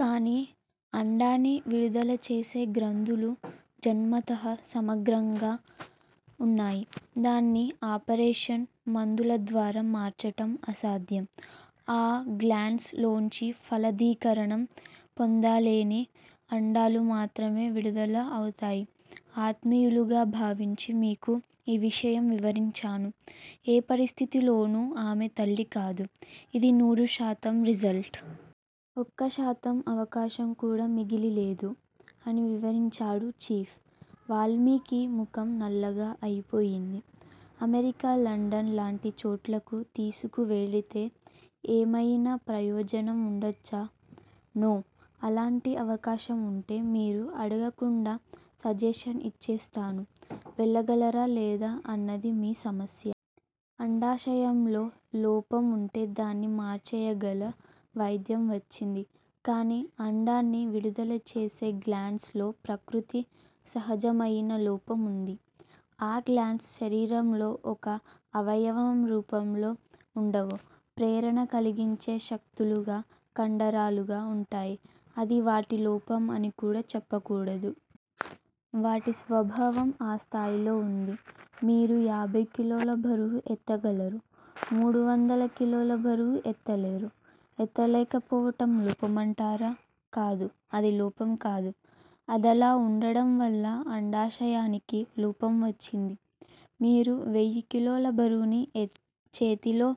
కాని అండాన్ని విడుదల చేసే గ్రంధులు జన్మతః సమగ్రంగా ఉన్నాయి. దాన్ని ఆపరేషన్, మందులద్వారా మార్చటం అసాధ్యం! ఆ గ్లాండ్స్ లోంచి ఫలదీకరణం పొందలేని అండాలు మాత్రమే విడుదల అవుతాయి. ఆత్మీయులుగా భావించి మీకు ఈ విషయం వివరించాను. ఏ పరిస్థితిలోనూ ఆమె తల్లికాదు. ఇది నూరుశాతం రిజల్ట్! ఒక్క శాతం అవకాశం కూడా మిగిలి లేదు అని వివరించాడు చీఫ్! వాల్మీకి ముఖం నల్లగా అయిపొయింది. అమెరికా లండన్ లాంటి చోట్లకు తీసుకు వెడితే ఏమయినా ప్రయోజనం వుండవచ్చా. నో! అలాంటి అవకాశం వుంటే మీరు అడగకుండా సజెషన్ ఇచ్చేస్తాను. వెళ్ళగలరా లేదా అన్నది మీ సమస్య. అండాశయంలో లోపం వుంటే దాన్ని మార్చేయగల వైద్యం వచ్చింది. కాని అండాన్ని విడుదల చేసే గ్లాండ్స్ లో ప్రకృతి సహజమయిన లోపం ఉంది. ఆ గ్లాండ్స్ శరీరంలో ఒక అవయవం రూపంలో వుండవు. ప్రేరణకలిగించే శక్తులుగా కండరాలుగా ఉంటాయి. అది వాటి లోపం అని కూడ చెప్పకూడదు. వాటి స్వభావం ఆ స్థాయిలో ఉంది! మీరు యాభై కిలోల బరువు ఎత్తగలరు. మూడు వందల కిలోల బరువు ఎత్తలేరు. ఎత్తలేక పోవడం లోపమంటారా? కాదు అది లోపం కాదు. అదలా వుండడంవల్ల అండాశయానికి లోపం వచ్చింది. మీరు వెయ్యి కిలోల బరువుని చేతితో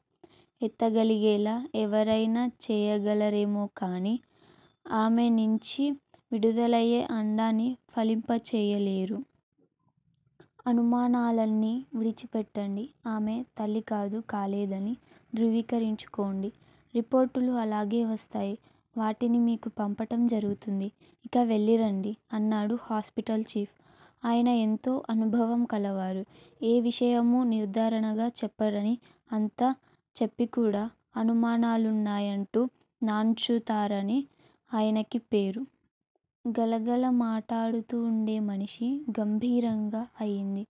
ఎత్తగలిగేలా ఎవరయినా చేయగలరేమోకాని ఆమె నించి విడుదలయే అండాన్ని ఫలింపచేయలేరు. అనుమానాలన్నీ విడిచిపెట్టండి! ఆమె తల్లి కాదు కాలేదని ధృవీకరించుకోండి. రిపోర్టులు అలాగే వస్తాయి. వాటిని మీకు పంపటం జరుగుతుంది! ఇక వెళ్ళిరండి! అన్నాడు హాస్పిటల్ చీఫ్! ఆయన ఎంతో అనుభవం కలవారు. ఏ విషయమూ నిర్ధారణగా చెప్పరని అంతా చెప్పికూడ అనుమానాలున్నాయంటూ నాన్చుతారని ఆయనకి పేరు. గలగల మాటాడుతూ వుండే మనిషి గంభీరంగా అయింది.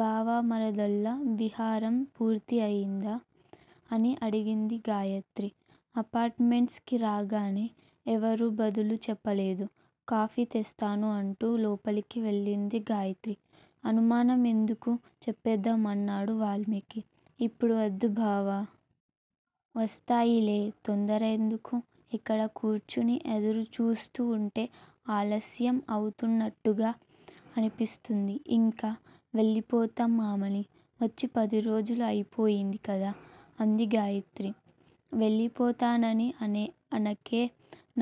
బావా మరదళ్ళ విహారం పూర్తి అయిందా? అని అడిగింది గాయత్రి అపార్టుమెంట్స్ కి రాగానే, ఎవరూ బదులు చెప్పలేదు. కాఫీ తెస్తాను అంటూ లోపలికి వెళ్ళింది గాయత్రి. అనుమానం ఎందుకు చెప్పేద్దాం అన్నాడు వాల్మీకి. ఇప్పుడే వద్దు బావా! వస్తాయిలే తొందర ఎందుకు? ఇక్కడ కూర్చుని ఎదురుచూస్తూ వుంటే ఆలస్యం అవుతున్నట్టుగా అనిపిస్తుంది. ఇంక వెళ్ళిపోతాం ఆమనీ! వచ్చి పది రోజులు అయిపొయింది కదా? అంది గాయత్రి. వెళ్ళిపోతానని అనకే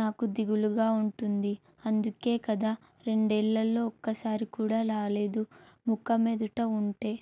నాకు దిగులుగా వుంటుంది. అందుకే కదా రెండేళ్ళలో ఒక్కసారి కూడా రాలేదు. ముఖం ఎదుట వుంటే